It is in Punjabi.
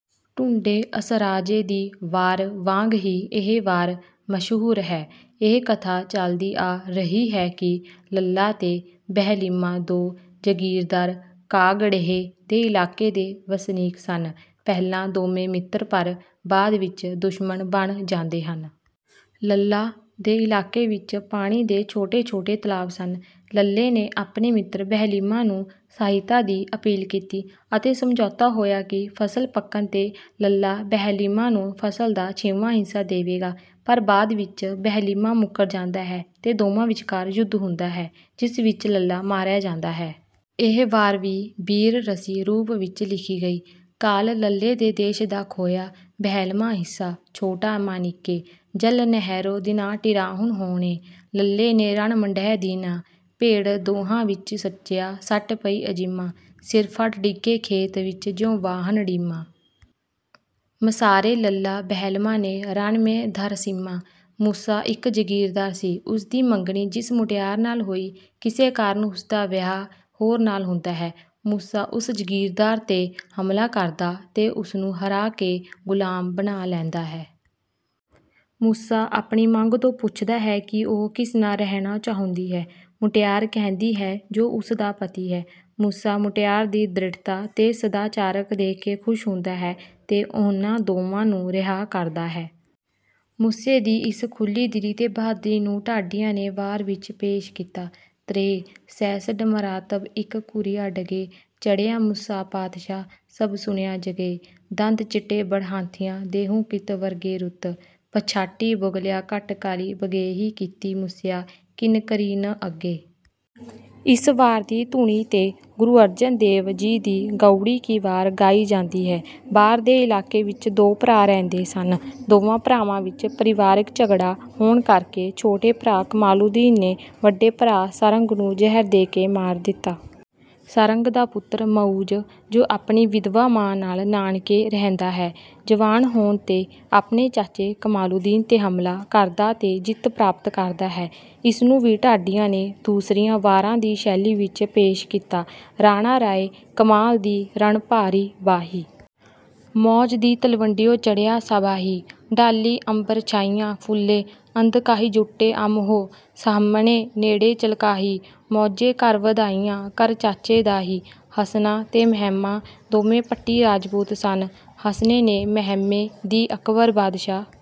ਟੁੰਡੇ ਅਸਰਾਜੇ ਦੀ ਵਾਰ ਵਾਂਗ ਹੀ ਇਹ ਵਾਰ ਮਸ਼ਹੂਰ ਹੈ। ਇਹ ਕਥਾ ਚਲਦੀ ਆ ਰਹੀ ਹੈ ਕਿ ਲੱਲਾ ਤੇ ਬਹਿਲੀਮਾ ਦੋ ਜਗੀਰਦਾਰ ਕਾਂਗੜੇ੍ਹ ਦੇ ਇਲਾਕੇ ਦੇ ਵਸਨੀਕ ਸਨ। ਪਹਿਲਾ ਦੋਵੇਂ ਮਿੱਤਰ ਪਰ ਬਾਅਦ ਵਿੱਚ ਦੁਸ਼ਮਣ ਬਣ ਜਾਂਦੇ ਹਨ। ਲੱਲਾ ਦੇ ਇਲਾਕੇ ਵਿੱਚ ਪਾਣੀ ਦੇ ਛੋਟੇ-ਛੋਟੇ ਤਲਾਬ ਸਨ। ਲੱਲੇ ਨੇ ਆਪਣੇ ਮਿੱਤਰ ਬਹਲੀਮਾ ਨੂੰ ਸਹਾਇਤਾ ਦੀ ਅਪੀਲ ਕੀਤੀ ਅਤੇ ਸਮਝੋਤਾ ਹੋਇਆ ਕਿ ਫਸਲ ਪੱਕਣ ਤੇ ਲੱਲਾ ਬਹਿਲੀਮਾ ਨੂੰ ਫਸਲ ਦਾ ਛੇਵਾਂ ਹਿੱਸਾ ਦੇਵੇਗਾ ਪਰ ਬਾਅਦ ਵਿੱਚ ਬਹਿਲੀਮਾ ਮੁ਼ੱਕਰ ਜਾਂਦਾ ਹੈ ਤੇ ਦੋਵਾਂ ਵਿਚਕਾਰ ਯੁੱਧ ਹੁੰਦਾ ਹੈ ,ਜਿਸ ਵਿੱਚ ਲੱਲਾ ਮਾਰਿਆ ਜਾਂਦਾ ਹੈ। ਇਹ ਵਾਰ ਵੀ ਬੀਰ ਰਸੀ ਰੂਪ ਵਿੱਚ ਲਿਖੀ ਗਈ। ਕਾਲ ਲੱਲਾ ਦੇ ਦੇਸ਼ ਦਾ ਖੋਹਿਆਂ ਬਹਿਲਮਾਹਿੱਸਾ ਛੋਟਾ ਮਨਾਇੱਕੈ, ਜਲ ਨਹਿਰੋਂ ਦੀਨਾਟਿਰਾਹੁਨ ਹੋਣੇ ਲੱਲਾ ਨੇ ਰਣ ਮੰਡਿਅ ਧੀਨਾ। ਭੇੜ ਦੋਹਾਂ ਵਿੱਚ ਸੱਚਿਆ ਸੱਟ ਪਈ ਅਜੀਮਾਂ, ਸਿਰ ਫੜ੍ਹ ਡਿੱਗੇ ਖੇਤ ਵਿੱਚ ਜਿਉਂ ਵਾਹਣ ਢੀਮਾਂ। ਮਸਾਰੇ ਲੱਲਾ ਬਹਿਲੀਮਾ ਨੇ ਰਣ ਮੇ ਧਰ ਸੀਮਾ। ਮੂਸਾ ਇੱਕ ਜਗੀਰਦਾਰ ਸੀ ਉਸ ਦੀ ਮੰਗਣੀ ਜਿਸ ਮੁਟਿਆਰ ਨਾਲ ਹੋਈ, ਕਿਸੇ ਕਾਰਨ ਉਸਦਾ ਵਿਆਹ ਹੋਰ ਨਾਲ ਹੁੰਦਾ ਹੈ। ਮੂਸਾ ਉਸ ਜਗੀਰਦਾਰ ਤੇ ਹਮਲਾ ਕਰਦਾ ਤੇ ਉਸਨੂੰ ਹਰਾ ਕੇ ਗੁਲਾਮ ਬਣਾ ਲੈਂਦਾ ਹੈ। ਮੂਸਾ ਆਪਣੀ ਮੰਗ ਤੋਂ ਪੁੱਛਦਾ ਹੈ ਕਿ ਉਹ ਕਿਸ ਨਾਲ ਰਹਿਣਾ ਚਾਹੁੰਦੀ ਹੈ। ਮੁਟਿਆਰ ਕਹਿੰਦੀ ਹੈ ਜੋ ਉਸ ਦਾ ਪਤੀ ਹੈ। ਮੂਸਾ ਮੁਟਿਆਰ ਦੀ ਦ੍ਰਿੜਤਾ ਤੇ ਸਦਾਚਾਰਕ ਦੇਖ ਕੇ ਖੁਸ਼ ਹੁੰਦਾ ਹੈ, ਤੇ ਉਹਨਾਂ ਦੋਵਾਂ ਨੂੰ ਰਿਹਾਅ ਕਰਦਾ ਹੈ। ਮੂਸੇ ਦੀ ਇਸ ਖੁੱਲੀ ਦਿਲੀ ਤੇ ਬਹਾਦਰੀ ਨੂੰ ਢਾਡੀਆਂ ਨੇ ਵਾਰ ਵਿੱਚ ਪੇਸ਼ ਕੀਤਾ। ਤ੍ਰੈ ਸੈ ਸਡ ਮਰਾਤਬ ਇਕਿ ਘੁਰਿਐ ਡਗੇ। ਚੜ੍ਹਿਆ ਮੂਸਾ ਪਾਤਸ਼ਾਹ ਸਭ ਸੁਣਿਆ ਜਗੇ। ਦੰਦ ਚਿੱਟੇ ਬੜ ਹਾਥੀਆਂ ਦਹੁ ਕਿਤ ਵਰਗੇਰੁਤ ਪਛਾਟੀ ਬਗੁਲਿਆ ਘਟ ਕਾਲੀ ਬਗੇੇਏਹੀ ਕੀਤੀ ਮੂਸਿਆ ਕਿਨ ਕਰੀ ਨ ਅੱਗੇ। ਇਸ ਵਾਰ ਦੀ ਧੁਨੀ ਤੇ ਗੁਰੂ ਅਰਜਨ ਦੇਵ ਜੀ ਦੀ ਗਉੜ੍ਹੀ ਕੀ ਵਾਰ ਗਾਈ ਜਾਂਦੀ ਹੈ। ਬਾਰ ਦੇ ਇਲਾਕੇ ਵਿੱਚ ਦੋ ਭਰਾ ਰਹਿੰਦੇ ਸਨ। ਦੋਵਾਂ ਭਰਾਵਾਂ ਵਿੱਚ ਪਰਿਵਾਰਕ ਝਗੜ੍ਹਾ ਹੋਣ ਕਰਕੇ ਛੋਟੇ ਭਰਾ ਕਮਾਲੁਦੀਨ ਨੇ ਵੱਡੇ ਭਰਾ ਸਾਰੰਗ ਨੂੰ ਜ਼ਹਿਰ ਦੇ ਕੇ ਮਾਰ ਦਿੱਤਾ। ਸਾਰੰਗ ਦਾ ਪੁੱਤਰ ਮਉਜ਼ ਜੋ ਆਪਣੀ ਵਿਧਵਾ ਮਾਂ ਨਾਲ ਨਾਨਕੇ ਰਹਿੰਦਾ ਹੈ ਜਵਾਨ ਹੋਣ ਤੇ ਆਪਣੇ ਚਾਚੇ ਕਮਾਲੁਦੀਨ ਤੇ ਹਮਲਾ ਕਰਦਾ ਤੇ ਜਿੱਤ ਪ੍ਰਾਪਤ ਕਰਦਾ ਹੈ ਇਸਨੂੰ ਵੀ ਢਾਡੀਆਂ ਨੇ ਦੂਸਰੀਆਂ ਵਾਰਾ ਦੀ ਸੈਲੀ ਵਿੱਚ ਪੇਸ਼ ਕੀਤਾ, ਰਾਣਾ ਰਾਇ ਕਮਾਲ ਦੀ ਰਣ ਭਾਰੀ ਬਾਹੀ। ਮੌਜ਼ ਦੀ ਤਲਵੰਡੀਓ ਚੜ੍ਹਿਆਂ ਸਾਬਾਹੀ। ਢਾਲੀ ਅੰਬਰ ਛਾਇਆ ਫੁੱਲੇ ਅਦ ਕਾਹੀਜੁੱਟੇ ਆਮੋ੍ਹ ਸਾਹਮਣੇ ਨੇੜ੍ਹੇ ਝਲਕਾਹੀ। ਮੌਜੇ ਘਰ ਵਧਾਈਆਂ ਘਰ ਚਾਚੇ ਧਾਹੀ। ਹਸਨਾ ਤੇ ਮਹਿਮਾ ਦੋਵੇ ਭੱਟੀ ਰਾਜਪੂਤ ਸਨ ਹਸਨੇ ਨੇ ਮਹਿਮੇ ਦੀ ਅਕਬਰ ਬਾਦਸ਼ਾਹ